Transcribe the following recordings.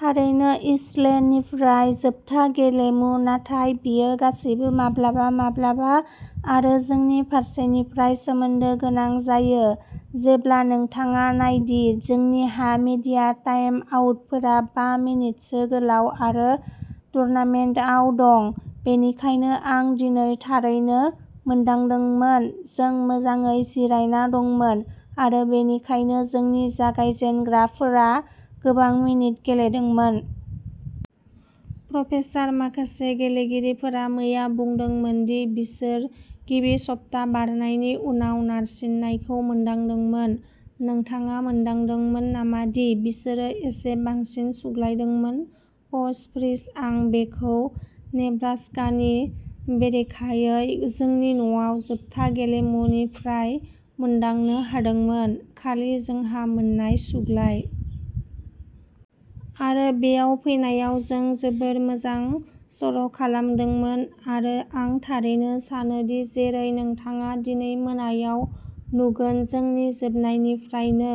थारैनो एशलेनिफ्राय जोबथा गेलेमु, नाथाय बेयो गासैबो माब्लाबा-माब्लाबा आरो जोंनि फारसेनिफ्राय सोमोन्दो गोनां जायो जेब्ला नोंथाङा नायदि जोंनिहा मीडिया टाइम आउटफोरा बा मिनिटसो गोलाव आरो टुर्नामेन्टआव दं, बेनिखायनो आं दिनै थारैनो मोनदांदोंमोन, जों मोजाङै जिरायना दंमोन, आरो बेनिखायनो जोंनि जागायजेनग्राफोरा गोबां मिनिट गेलेदोंमोन। प्रपेसार माखासे गेलेगिरिफोरा मैया बुंदोंमोन दि बिसोर गिबि सप्ता बारनायनि उनाव नारसिननायखौ मोनदांदोंमोन। नोंथाङा मोनदांदोंमोन नामा दि बिसोरो एसे बांसिन सुग्लायदोंमोन? कच फ्रीज आं बेखौ नेब्रास्कानि बेरेखायै जोंनि न'आव जोबथा गेलेमुनिफ्राय मोनदांनो हादोंमोन, खालि जोंहा मोननाय सुग्लाय। आरो बेयाव फैनायाव जों जोबोद मोजां सर'खालामदोंमोन आरो आं थारैनो सानोदि जेरै नोंथाङा दिनै मोनायाव नुगोन, जोंनि जोबनायनिफ्रायनो,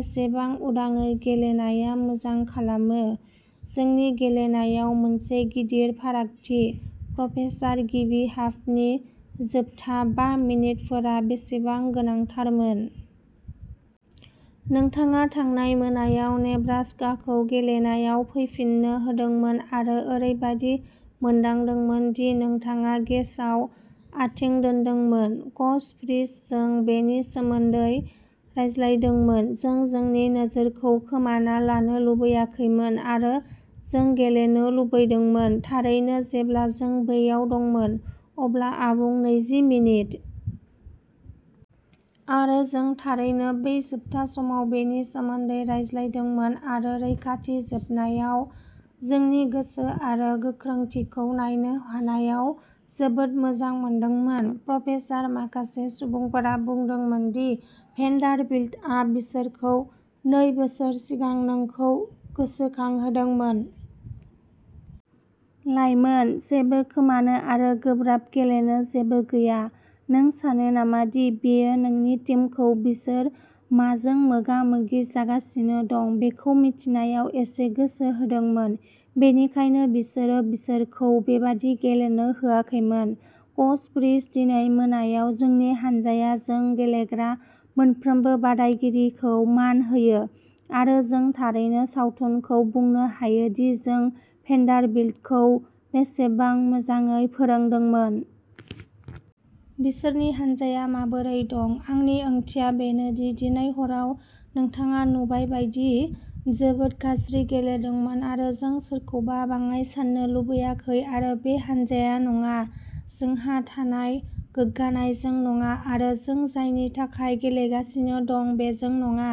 एसेबां उदाङै गेलेनाया मोजां खालामो। जोंनि गेलेनायाव मोनसे गिदिर फारागथि। प्रपेसार गिबि हाफनि जोबथा बा मिनिटफोरा बेसेबां गोनांथारमोन। नोंथाङा थांनाय मोनायाव नेब्रास्काखौ गेलेनायाव फैफिननो होदोंमोन आरो ओरैबायदि मोनदांदोंमोन दि नोंथाङा गेसआव आथिं दोन्दोंमोन। कच फ्रीज जों बेनि सोमोन्दै रायज्लायदोंमोन। जों जोंनि नोजोरखौ खोमाना लानो लुबैयाखैमोन आरो जों गेलेनो लुबैदोंमोन, थारैनो, जेब्ला जों बैयाव दंमोन, अब्ला आबुं नैजि मिनिट। आरो जों थारैनो बै जोबथा समाव बेनि सोमोन्दै रायज्लायदोंमोन आरो रैखाथि जोबनायाव जोंनि गोसो आरो गोख्रोंथिखौ नायनो हानायाव जोबोद मोजां मोनदोंमोन। प्रपेसार माखासे सुबुंफोरा बुंदोंमोन दि भेन्डारबिल्टआ बिसोरखौ नै बोसोर सिगां नोंखौ गोसोखांहोदोंमोन। लाइमोन, जेबो खोमानो आरो गोब्राब गेलेनो जेबो गैया। नों सानो नामा दि बेयो नोंनि टीमखौ बिसोर माजों मोगा-मोगि जागासिनो दं बेखौ मिथिनायाव एसे गोसो होदोंमोन, बेनिखायनो बिसोरो बिसोरखौ बेबादि गेलेनो होआखैमोन। कच फ्रीज दिनै मोनायाव जोंनि हान्जाया जों गेलेग्रा मोनफ्रोमबो बादायगिरिखौ मान होयो आरो जों थारैनो सावथुनखौ बुंनो हायो दि जों भेन्डारबिल्टखौ बेसेबां मोजाङै फोरोंदोंमोन। बिसोरनि हान्जाया माबोरै दं, आंनि ओंथिया बेनो दि दिनै हराव नोंथाङा नुबाय बायदि जोबोद गाज्रि गेलेदोंमोन आरो जों सोरखौबा बाङाइ सान्नो लुबैयाखै आरो बे हान्जाया नङा। जोंहा थानाय गोग्गानायजों नङा आरो जों जायनि थाखाय गेलेगासिनो दं बेजों नङा।